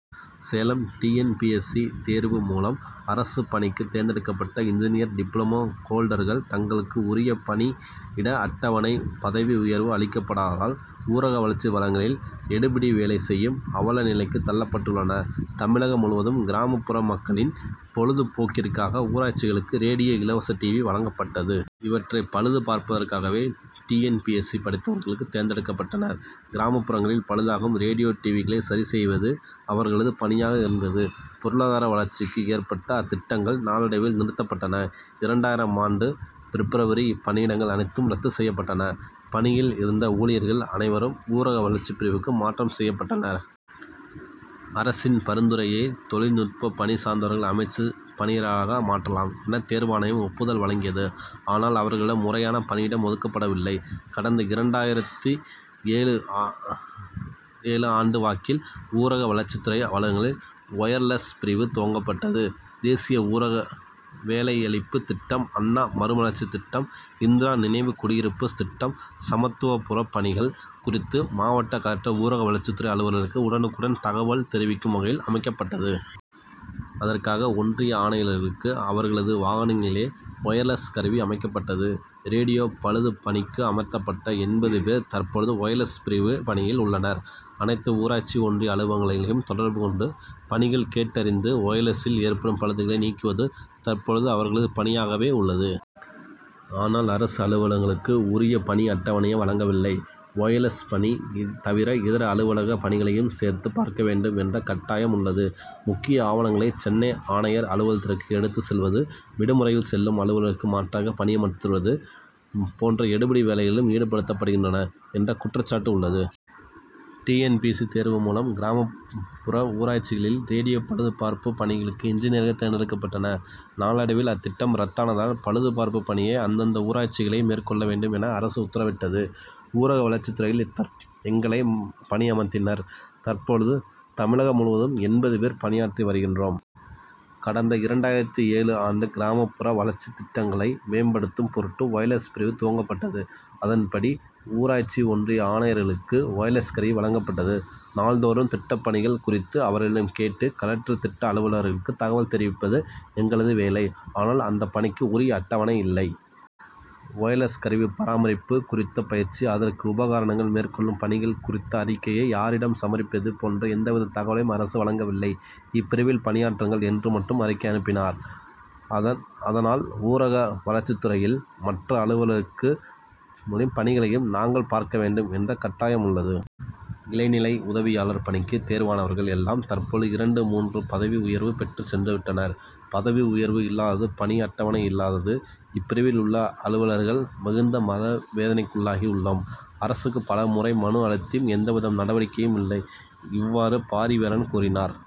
Salem T. N. P. S. C. தேர்வு மூலம் அரசுப் பணிக்கு தேர்ந்தெடுக்கப்பட்ட இன்ஜினியர் டிப்ளமோ ஹோல்டர்கள் தங்களுக்கு உரிய பணி யிட அட்டவணை பதவி உயர்வு அளிக்கப்படாததால் ஊரக வளர்ச்சி அலுவலகங்களில் எடுபிடி வேலை செய்யும் அவல நிலைக்கு தள்ளப்பட்டுள்ளனர். தமிழகம் முழுவதும் கிராமப்புற மக்களின் பொழுது போக்கிற்காக ஊராட்சிகளுக்கு ரேடியோ இலவச டிவி வழங்கப்பட்டது. இவற்றை பழுது பார்ப்பதற்காகவே T. N. P. S. C. படித்தவர்கள் தேர்ந்தெடுக்கப்பட்டனர். கிராமப்புறங்களில் பழுதாகும் ரேடியோ டிவிகளை சரிசெய்வது அவர்களது பணியாக இருந்தது. பொருளாதார வளர்ச்சிக்கு ஏற்ப அத்திட்டங்கள் நாளடைவில் நிறுத்தப்பட்டன. இரண்டாயிரம் ஆண்டு பிப்ரவரியில் இப்பணியிடங்கள் அனைத்தும் ரத்து செய்யப்பட்டன. பணியில் இருந்த ஊழியர்கள் அனைவரும் ஊரக வளர்ச்சிப் பிரிவுக்கு மாற்றம் செய்யப்பட்டனர். அரசின் பரிந்துரையையடுத்து தொழில்நுட்ப பணி சார்ந்தவர்களை அமைச்சுப் பணியாளர்களாக மாற்றலாம் என தேர்வாணையம் ஒப்புதல் வழங்கியது. ஆனால் அவர்களுக்கு முறையான பணியிடம் ஒதுக்கப்படவில்லை. கடந்த இரண்டாயிரத்து ஏழு ஆண்டு வாக்கில் ஊரக வளர்ச்சித்துறை அலுவலகங்களில் ஒயர்லெஸ் பிரிவு துவங்கப்பட்டது. தேசிய ஊரக வேலையளிப்புத் திட்டம் அண்ணா மறுமலர்ச்சி திட்டம் இந்திரா நினைவு குடியிருப்பு திட்டம் சமத்துவபுரப் பணிகள் குறித்து மாவட்ட கலெக்டர் ஊரக வளர்ச்சித்துறை அலுவலர்களுக்கு உடனுக்குடன் தகவல் தெரிவிக்கும் வகையில் அமைக்கப்பட்டது. அதற்காக ஒன்றிய ஆணையர்களுக்கு அவர்களது வாகனங்களிலேயே ஒயர்லெஸ் கருவி அமைக்கப்பட்டது. ரேடியோ பழுது பணிக்கு அமர்த்தப்பட்ட எண்பது பேர் தற்போது ஒயர்லெஸ் பிரிவு பணியில் உள்ளனர். அனைத்து ஊராட்சி ஒன்றிய அலுவலகங்களையும் தொடர்பு கொண்டு பணிகள் குறித்து கேட்டறிவதும் ஒயர்லெசில் ஏற்படும் பழுதுகளை நீக்குவதும் தற்போது அவர்களது பணியாகவே உள்ளது. ஆனால் அரசு அவர்களுக்கு உரிய பணி அட்டவணையை வழங்கவில்லை. ஒயர்லெஸ் பணி தவிர இதர அலுவலக பணிகளையும் சேர்த்து பார்க்க வேண்டும் என்ற கட்டாயம் உள்ளது. முக்கிய ஆவணங்களை சென்னை ஆணையர் அலுவலகத்துக்கு எடுத்து செல்வது விடுமுறையில் செல்லும் அலுவலருக்கு மாற்றாக பணியாற்றுவது போன்ற எடுபிடி வேலைகளிலும் ஈடுபடுத்தப்படுகின்றனர் என்ற குற்றச்சாட்டு உள்ளது. T. N. P. S. C. தேர்வு மூலம் கிராமப்புற ஊராட்சிகளில் ரேடியோ டிவி பழுதுபார்ப்பு பணிக்காக இன்ஜினியர்கள் தேர்ந்தெடுக்கப்பட்டனர். நாளடைவில் அத்திட்டம் ரத்தானதால் பழுது பார்ப்பு பணியை அந்தந்த ஊராட்சிகளே மேற்கொள்ள வேண்டும் என அரசு உத்தரவிட்டது. ஊரக வளர்ச்சித்துறையில் எங்களை பணியமர்த்தினர். தற்போது தமிழகம் முழுவதும் எண்பது பேர் பணியாற்றி வருகின்றோம். கடந்த இரண்டாயிரத்து ஏழு ஆண்டு கிராமப்புற வளர்ச்சித் திட்டங்களை மேம்படுத்தும் பொருட்டு ஒயர்லெஸ் பிரிவு துவங்கப்பட்டது. அதன்படி ஊராட்சி ஒன்றிய ஆணையர்களுக்கு ஒயர்லெஸ் கருவி வழங்கப்பட்டது. நாள்தோறும் திட்டப்பணிகள் குறித்து அவர்களிடம் கேட்டு கலெக்டர் திட்ட அலுவலருக்கு தகவல் தெரிவிப்பது எங்களது வேலை. ஆனால் அந்த பணிக்கு உரிய அட்டவணை இல்லை. ஒயர்லெஸ் கருவி பராமரிப்பு குறித்த பயிற்சி அதற் உபகரணங்கள் மேற்கொள்ளும் பணிகள் குறித்த அறிக்கையை யாரிடம் சமர்ப்பிப்பது போன்ற எவ்வித தகவலையும் அரசு வழங்கவில்லை. இப்பிரிவில் பணியாற்றுங்கள் என்று மட்டும் அறிக்கை அனுப்பினர். அதனால் ஊரக வளர்ச்சித் துறையில் மற்ற அலுவலர்கள் பணிகளையும் நாங்கள் பார்க்க வேண்டும் என்ற கட்டாயம் உள்ளது. இளநிலை உதவியாளர் பணிக்கு தேர்வானவர்கள் எல்லாம் தற்போது இரண்டு மூன்று பதவி உயர்வு பெற்று சென்று விட்டனர். பதவி உயர்வு இல்லாதது பணி அட்டவணை இல்லாதது இப்பிரிவில் உள்ள அலுவலர்கள் மிகுந்த மனவேதனைக்குள்ளாகி உள்ளோம். அரசுக்கு பலமுறை மனு அளித்தும் எவ்வித நடவடிக்கையும் இல்லை. இவ்வாறு பாரிவேலன் கூறினார்.